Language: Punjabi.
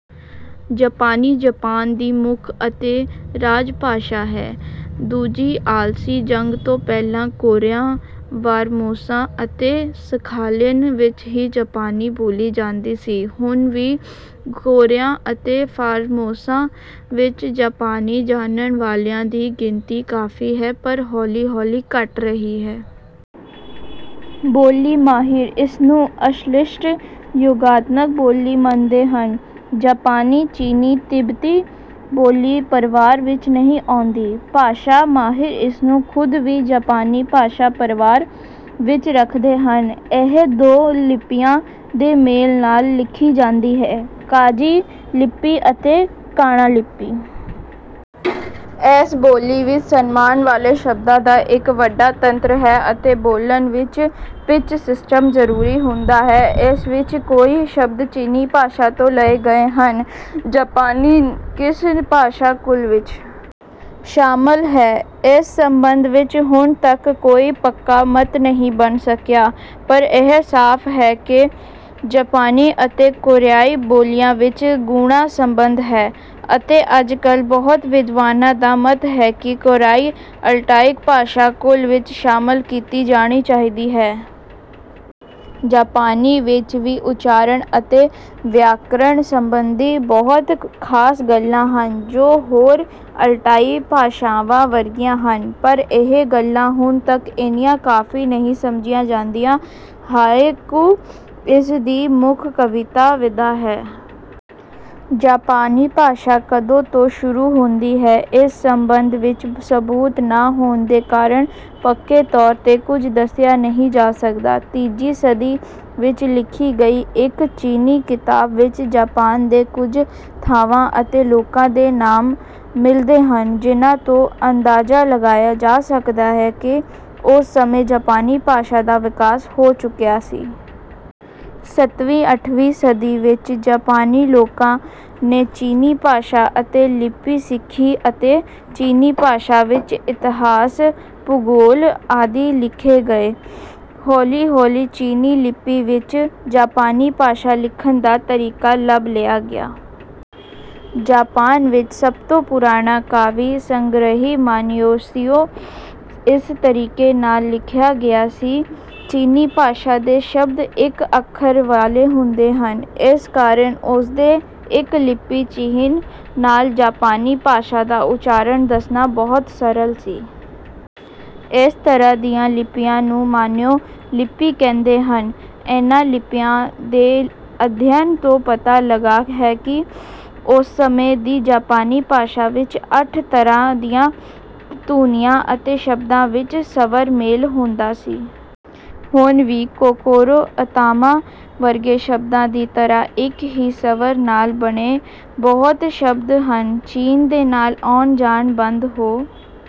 ਜਪਾਨੀ ਜਪਾਨ ਦੀ ਮੁੱਖ ਅਤੇ ਰਾਜਭਾਸ਼ਾ ਹੈ। ਦੂਜੀ ਆਲਮੀ ਜੰਗ ਤੋਂ ਪਹਿਲਾਂ ਕੋਰੀਆ, ਬਾਰਮੋਸਾ ਅਤੇ ਸਖਾਲਿਨ ਵਿੱਚ ਵੀ ਜਾਪਾਨੀ ਬੋਲੀ ਜਾਂਦੀ ਸੀ। ਹੁਨ ਵੀ ਕੋਰੀਆ ਅਤੇ ਫਾਰਮੋਸਾ ਵਿੱਚ ਜਾਪਾਨੀ ਜਾਨਣ ਵਾਲਿਆਂ ਦੀ ਗਿਣਤੀ ਕਾਫ਼ੀ ਹੈ ਪਰ ਹੌਲੀ-ਹੌਲੀ ਘੱਟ ਰਹੀ ਹੈ। ਬੋਲੀ ਮਾਹਿਰ ਇਸਨੂੰ ਅਸ਼ਲਿਸ਼ਟ-ਯੋਗਾਤਮਕ ਬੋਲੀ ਮੰਨਦੇ ਹਨ। ਜਾਪਾਨੀ ਚੀਨੀ-ਤਿੱਬਤੀ ਬੋਲੀ-ਪਰਵਾਰ ਵਿੱਚ ਨਹੀਂ ਆਉਂਦੀ। ਭਾਸ਼ਾ ਮਾਹਿਰ ਇਸਨੂੰ ਖ਼ੁਦ ਵੀ ਜਾਪਾਨੀ ਭਾਸ਼ਾ-ਪਰਵਾਰ ਵਿੱਚ ਰੱਖਦੇ ਹਨ। ਇਹ ਦੋ ਲਿਪੀਆਂ ਦੇ ਮੇਲ ਨਾਲ ਲਿਖੀ ਜਾਂਦੀ ਹੈ। ਕਾਂਜੀ ਲਿਪੀ ਅਤੇ ਕਾਣਾ ਲਿਪੀ। ਇਸ ਬੋਲੀ ਵਿੱਚ ਸਨਮਾਨ ਵਾਲੇ ਸ਼ਬਦਾਂ ਦਾ ਇੱਕ ਵੱਡਾ ਤੰਤਰ ਹੈ ਅਤੇ ਬੋਲਣ ਵਿੱਚ ਪਿਚ-ਸਿਸਟਮ ਜ਼ਰੂਰੀ ਹੁੰਦਾ ਹੈ। ਇਸ ਵਿੱਚ ਕਈ ਸ਼ਬਦ ਚੀਨੀ ਭਾਸ਼ਾ ਤੋਂ ਲਏ ਗਏ ਹਨ। ਜਾਪਾਨੀ ਕਿਸ ਭਾਸ਼ਾ ਕੁਲ ਵਿੱਚ ਸ਼ਾਮਲ ਹੈ ਇਸ ਸਬੰਧ ਵਿੱਚ ਹੁਣ ਤੱਕ ਕੋਈ ਪੱਕਾ ਮਤ ਨਹੀਂ ਬਣ ਸਕਿਆ ਪਰ ਇਹ ਸਾਫ਼ ਹੈ ਕਿ ਜਾਪਾਨੀ ਅਤੇ ਕੋਰੀਆਈ ਬੋਲੀਆਂ ਵਿੱਚ ਗੂੜ੍ਹਾ ਸਬੰਧ ਹੈ ਅਤੇ ਅੱਜਕੱਲ੍ਹ ਬਹੁਤ ਵਿਦਵਾਨਾਂ ਦਾ ਮਤ ਹੈ ਕਿ ਕੋਰੀਆਈ ਅਲਟਾਇਕ ਭਾਸ਼ਾ ਕੁਲ ਵਿੱਚ ਸ਼ਾਮਲ ਕੀਤੀ ਜਾਣੀ ਚਾਹੀਦੀ ਹੈ। ਜਾਪਾਨੀ ਵਿੱਚ ਵੀ ਉੱਚਾਰਣ ਅਤੇ ਵਿਆਕਰਨ ਸੰਬੰਧੀ ਬਹੁਤ ਖ਼ਾਸ ਗੱਲਾਂ ਹਨ ਜੋ ਹੋਰ ਅਲਟਾਇ ਭਾਸ਼ਾਵਾਂ ਵਰਗੀਆਂ ਹਨ ਪਰ ਇਹ ਗੱਲਾਂ ਹੁਣ ਤੱਕ ਇੰਨੀਆਂ ਕਾਫ਼ੀ ਨਹੀਂ ਸਮਝੀਆਂ ਜਾਂਦੀਆਂ। ਹਾਇਕੂ ਇਸ ਦੀ ਮੁੱਖ ਕਵਿਤਾ ਵਿਧਾ ਹੈ। ਜਾਪਾਨੀ ਭਾਸ਼ਾ ਕਦੋਂ ਤੋਂ ਸ਼ੁਰੂ ਹੁੰਦੀ ਹੈ ਇਸ ਸਬੰਧ ਵਿੱਚ ਸਬੂਤ ਨਾ ਹੋਣ ਦੇ ਕਾਰਨ ਪੱਕੇ ਤੌਰ ਤੇ ਕੁੱਝ ਦੱਸਿਆ ਨਹੀਂ ਜਾ ਸਕਦਾ। ਤੀਜੀ ਸਦੀ ਵਿੱਚ ਲਿਖੀ ਗਈ ਇੱਕ ਚੀਨੀ ਕਿਤਾਬ ਵਿੱਚ ਜਾਪਾਨ ਦੇ ਕੁੱਝ ਥਾਵਾਂ ਅਤੇ ਲੋਕਾਂ ਦੇ ਨਾਮ ਮਿਲਦੇ ਹਨ ਜਿਹਨਾਂ ਤੋਂ ਅੰਦਾਜ਼ਾ ਲਗਾਇਆ ਜਾ ਸਕਦਾ ਹੈ ਕਿ ਉਸ ਸਮੇਂ ਜਾਪਾਨੀ ਭਾਸ਼ਾ ਦਾ ਵਿਕਾਸ ਹੋ ਚੁੱਕਿਆ ਸੀ। ਸੱਤਵੀਂ ਅੱਠਵੀਂ ਸਦੀ ਵਿੱਚ ਜਾਪਾਨੀ ਲੋਕਾਂ ਨੇ ਚੀਨੀ ਭਾਸ਼ਾ ਅਤੇ ਲਿਪੀ ਸਿੱਖੀ ਅਤੇ ਚੀਨੀ ਭਾਸ਼ਾ ਵਿੱਚ ਇਤਹਾਸ, ਭੂਗੋਲ ਆਦਿ ਲਿਖੇ ਗਏ। ਹੌਲੀ-ਹੌਲੀ ਚੀਨੀ ਲਿਪੀ ਵਿੱਚ ਜਾਪਾਨੀ ਭਾਸ਼ਾ ਲਿਖਣ ਦਾ ਤਰੀਕਾ ਲੱਭ ਲਿਆ ਗਿਆ। ਜਾਪਾਨ ਵਿੱਚ ਸਭ ਤੋਂ ਪੁਰਾਣਾ ਕਾਵਿ-ਸੰਗ੍ਰਿਹ ਮਾਨਯੋਸ਼ਿਊ ਇਸ ਤਰੀਕੇ ਨਾਲ ਲਿਖਿਆ ਗਿਆ ਸੀ। ਚੀਨੀ ਭਾਸ਼ਾ ਦੇ ਸ਼ਬਦ ਇੱਕ ਅੱਖਰ ਵਾਲੇ ਹੁੰਦੇ ਹਨ। ਇਸ ਕਾਰਨ ਉਸ ਦੇ ਇੱਕ ਲਿਪੀ ਚਿਹਨ ਨਾਲ ਜਾਪਾਨੀ ਭਾਸ਼ਾ ਦਾ ਉੱਚਾਰਣ ਦੱਸਣਾ ਬਹੁਤ ਸਰਲ ਸੀ। ਇਸ ਤਰ੍ਹਾਂ ਦੀਆਂ ਲਿਪੀਆਂ ਨੂੰ ਮਾਨਿਯੋ ਲਿਪੀ ਕਹਿੰਦੇ ਹਨ। ਇਨ੍ਹਾਂ ਲਿਪੀਆਂ ਦੇ ਅਧਿਅਨ ਤੋਂ ਪਤਾ ਲੱਗਾ ਹੈ ਕਿ ਉਸ ਸਮੇਂ ਦੀ ਜਾਪਾਨੀ ਭਾਸ਼ਾ ਵਿੱਚ ਅੱਠ ਤਰ੍ਹਾਂ ਦੀਆਂ ਧੁਨੀਆਂ ਅਤੇ ਸ਼ਬਦਾਂ ਵਿੱਚ ਸਵਰ ਮੇਲ ਹੁੰਦਾ ਸੀ। ਹੁਣ ਵੀ ਕੋਕੋਰੋ, ਅਤਾਮਾ ਵਰਗੇ ਸ਼ਬਦਾਂ ਦੀ ਤਰ੍ਹਾਂ ਇੱਕ ਹੀ ਸਵਰ ਨਾਲ ਬਣੇ ਬਹੁਤ ਸ਼ਬਦ ਹਨ। ਚੀਨ ਦੇ ਨਾਲ ਆਉਣ ਜਾਣ ਬੰਦ ਹੋ